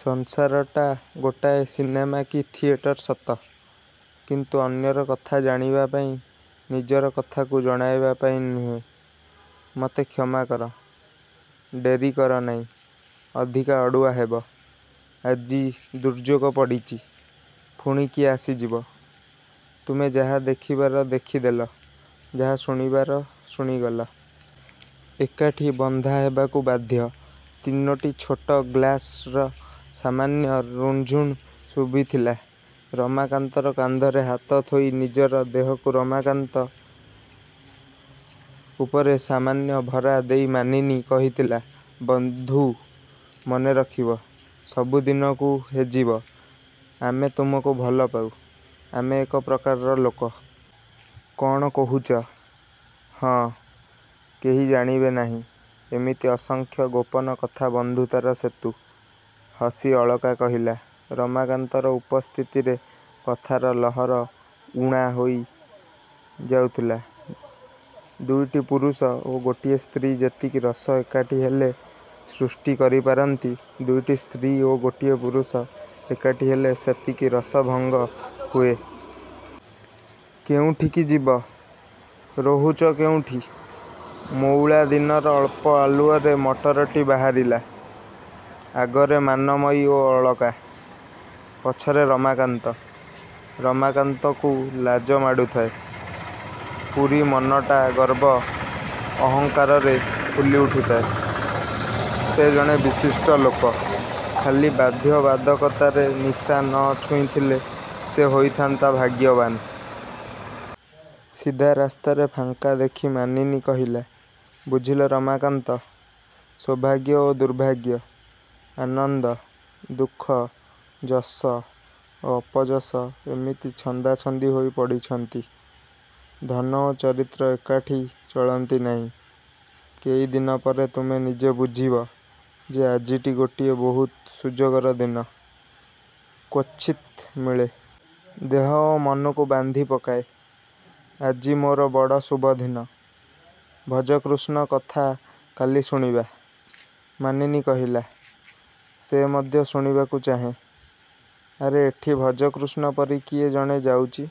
ସଂସାରଟା ଗୋଟାଏ ସିନେମା କି ଥିଏଟର ସତ; କିନ୍ତୁ ଅନ୍ୟର କଥା ଜାଣିବା ପାଇଁ-ନିଜର କଥାକୁ ଜଣାଇବା ପାଇଁ ନୁହେଁ। -ମତେ କ୍ଷମା କର। -ଡେରି କର ନାହିଁ। ଅଧିକା ଅଡ଼ୁଆ ହେବ। ଆଜି ଦୁର୍ଯୋଗ ପଡ଼ିଛି। ପୁଣି କିଏ ଆସିଯିବ? ତୁମେ ଯାହା ଦେଖିବାର ଦେଖି ଦେଲ-ଯାହା ଶୁଣିବାର ଶୁଣିଗଲ। ଏକାଠି ବନ୍ଧା ହେବାକୁ ବାଧ୍ୟ। ତିନୋଟି ଛୋଟ ଗ୍ଲାସ୍ର ସାମାନ୍ୟ ରଣଝଣ ଶୁଭିଥିଲା। ରମାକାନ୍ତର କାନ୍ଧରେ ହାତ ଥୋଇ ନିଜର ଦେହକୁ ରମାକାନ୍ତ ଉପରେ ସାମାନ୍ୟ ଭରା ଦେଇ ମାନିନୀ କହିଥିଲା-ବଂଧୁ, ମନେରଖିବ। ସବୁ ଦିନକୁ ହେଜିବ-ଆମେ ତୁମକୁ ଭଲ ପାଉ। ଆମେ ଏକ ପ୍ରକାରର ଲୋକ। କ'ଣ କହୁଛ? -ହଁ। କେହି ଜାଣିବେ ନାହିଁ। ଏମିତି ଅସଂଖ୍ୟ ଗୋପନ କଥା ବନ୍ଧୁତାର ସେତୁ। ହସି ଅଳକା କହିଲା। ରମାକାନ୍ତର ଉପସ୍ଥିତିରେ କଥାର ଲହର ଊଣା ହେଇ ଯାଉଥିଲା-ଦୁଇଟି ପୁରୁଷ ଓ ଗୋଟିଏ ସ୍ତ୍ରୀ ଯେତିକି ରସ ଏକାଠି ହେଲେ ସୃଷ୍ଟି କରି ପାରନ୍ତି, ଦୁଇଟି ସ୍ତ୍ରୀ ଓ ଗୋଟିଏ ପୁରୁଷ ଏକାଠି ହେଲେ ସେତିକି ରସଭଙ୍ଗ ହୁଏ। କେଉଁଠିକି ଯିବ? ରହୁଛ କେଉଁଠି? ମଉଳା ଦିନର ଅଳ୍ପ ଆଲୁଅରେ ମଟରଟି ବାହାରିଲା-ଆଗରେ ମାନମୟୀ ଓ ଅଳକା। ପଛରେ ରମାକାନ୍ତ। ରମାକାନ୍ତକୁ ଲାଜ ମାଡ଼ୁଥାଏ। ପୁରି ମନଟା ଗର୍ବ ଅହଙ୍କାରରେ ଫୁଲି ଉଠୁଥାଏ-ସେ ଜଣେ ବିଶିଷ୍ଟ ଲୋକ। ଖାଲି ବାଧ୍ୟବାଧକତାରେ ନିଶା ନ ଛୁଇଁଥିଲେ ସେ ହୋଇଥାନ୍ତା ଭାଗ୍ୟବାନ୍-। ସିଧା ରାସ୍ତାରେ ଫାଙ୍କା ଦେଖି ମାନିନୀ କହିଲା-ବୁଝିଲ ରମାକାନ୍ତ, ସୌଭାଗ୍ୟ ଓ ଦୁର୍ଭାଗ୍ୟ, ଆନନ୍ଦ, ଦୁଃଖ, ଯଶ ଓ ଅପଯଶ ଏମିତି ଛନ୍ଦାଛନ୍ଦି ହୋଇ ପଡ଼ିଛନ୍ତି। ଧନ ଓ ଚରିତ୍ର ଏକାଠି ଚଳନ୍ତି ନାହିଁ। କେଇ ଦିନ ପରେ ତୁମେ ନିଜେ ବୁଝିବ ଯେ ଆଜିଟି ଗୋଟିଏ ବହୁତ ସୁଯୋଗର ଦିନ-କ୍ୱଚିତ୍ ମିଳେ। ଦେହ ଓ ମନକୁ ବାନ୍ଧି ପକାଏ। ଆଜି ମୋର ବଡ଼ ଶୁଭଦିନ-ଭଜକୃଷ୍ଣ କଥା କାଲି ଶୁଣିବା। ମାନିନୀ କହିଲା-ସେ ମଧ୍ୟ ଶୁଣିବାକୁ ଚାହେଁ। ଆରେ ଏଠି ଭଜକୃଷ୍ଣ ପରି କିଏ ଜଣେ ଯାଉଛି।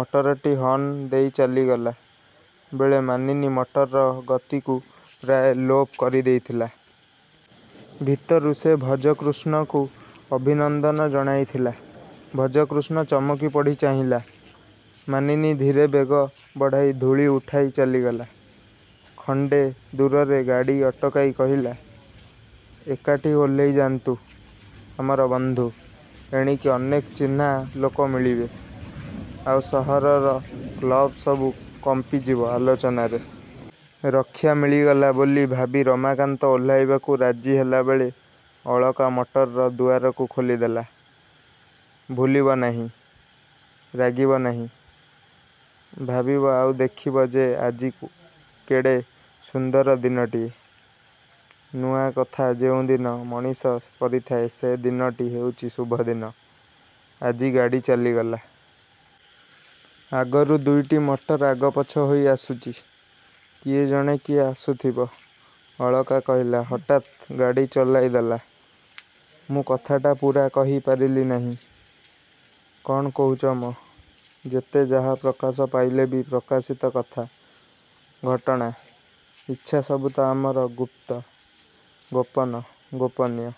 ମଟରଟି ହର୍ଣ୍ଣ ଦେଇ ଚାଲିଗଲା ବେଳେ ମାନିନୀ ମଟରର ଗତିକୁ ପ୍ରାୟ ଲୋପ କରି ଦେଇଥିଲା। ଭିତରୁ ସେ ଭଜକୃଷ୍ଣକୁ ଅଭିନନ୍ଦନ ଜଣାଇଥିଲା। ଭଜକୃଷ୍ଣ ଚମକି ପଡ଼ି ଚାହିଁଲା। ମାନିନୀ ଧୀରେ ବେଗ ବଢ଼ାଇ ଧୂଳି ଉଠାଇ ଚାଲିଗଲା। ଖଣ୍ଡେ ଦୂରରେ ଗାଡ଼ି ଅଟକାଇ କହିଲା-ଏଇଠି ଓହ୍ଲେଇଯାନ୍ତୁ-ଆମର ବନ୍ଧୁ। ଏଣିକି ଅନେକ ଚିହ୍ନା ଲୋକ ମିଳିବେ। ଆଉ ସହରର କ୍ଲବ ସବୁ କମ୍ପିଯିବ ଆଲୋଚନାରେ। ରକ୍ଷା ମିଳିଗଲା ବୋଲି ଭାବି ରମାକାନ୍ତ ଓହ୍ଲାଇବାକୁ ରାଜି ହେଲାବେଳେ ଅଳକା ମଟରର ଦୁଆରକୁ ଖୋଲିଦେଲା। -ଭୁଲିବ ନାହିଁ। ରାଗିବ ନାହିଁ। -ଭାବିବ ଆଉ ଦେଖିବ ଯେ ଆଜି କେଡ଼େ ସୁନ୍ଦର ଦିନଟିଏ-ନୂଆ କଥା ଯେଉଁଦିନ ମଣିଷ କରିଥାଏ ସେ ଦିନଟି ହେଉଛି ଶୁଭଦିନ। ଆଜି ଗାଡ଼ି ଚାଲିଗଲା। ଆଗରୁ ଦୁଇଟି ମଟର ଆଗପଛ ହୋଇ ଆସୁଛି। କିଏ ଜାଣେ କିଏ ଆସୁଥିବ। ଅଳକା କହିଲା-ହଠାତ୍ ଗାଡ଼ି ଚଳାଇ ଦେଲା। ମୁଁ କଥାଟା ପୂରା କହି ପାରିଲି ନାହିଁ। -କ'ଣ କହୁଛ ମ? ଯେତେ ଯାହା ପ୍ରକାଶ ପାଇଲେ ବି ପ୍ରକାଶିତ କଥା, ଘଟଣା, ଇଚ୍ଛା ସବୁ ତ ଆମର ଗୁପ୍ତ-ଗୋପନ-ଗୋପନୀୟ।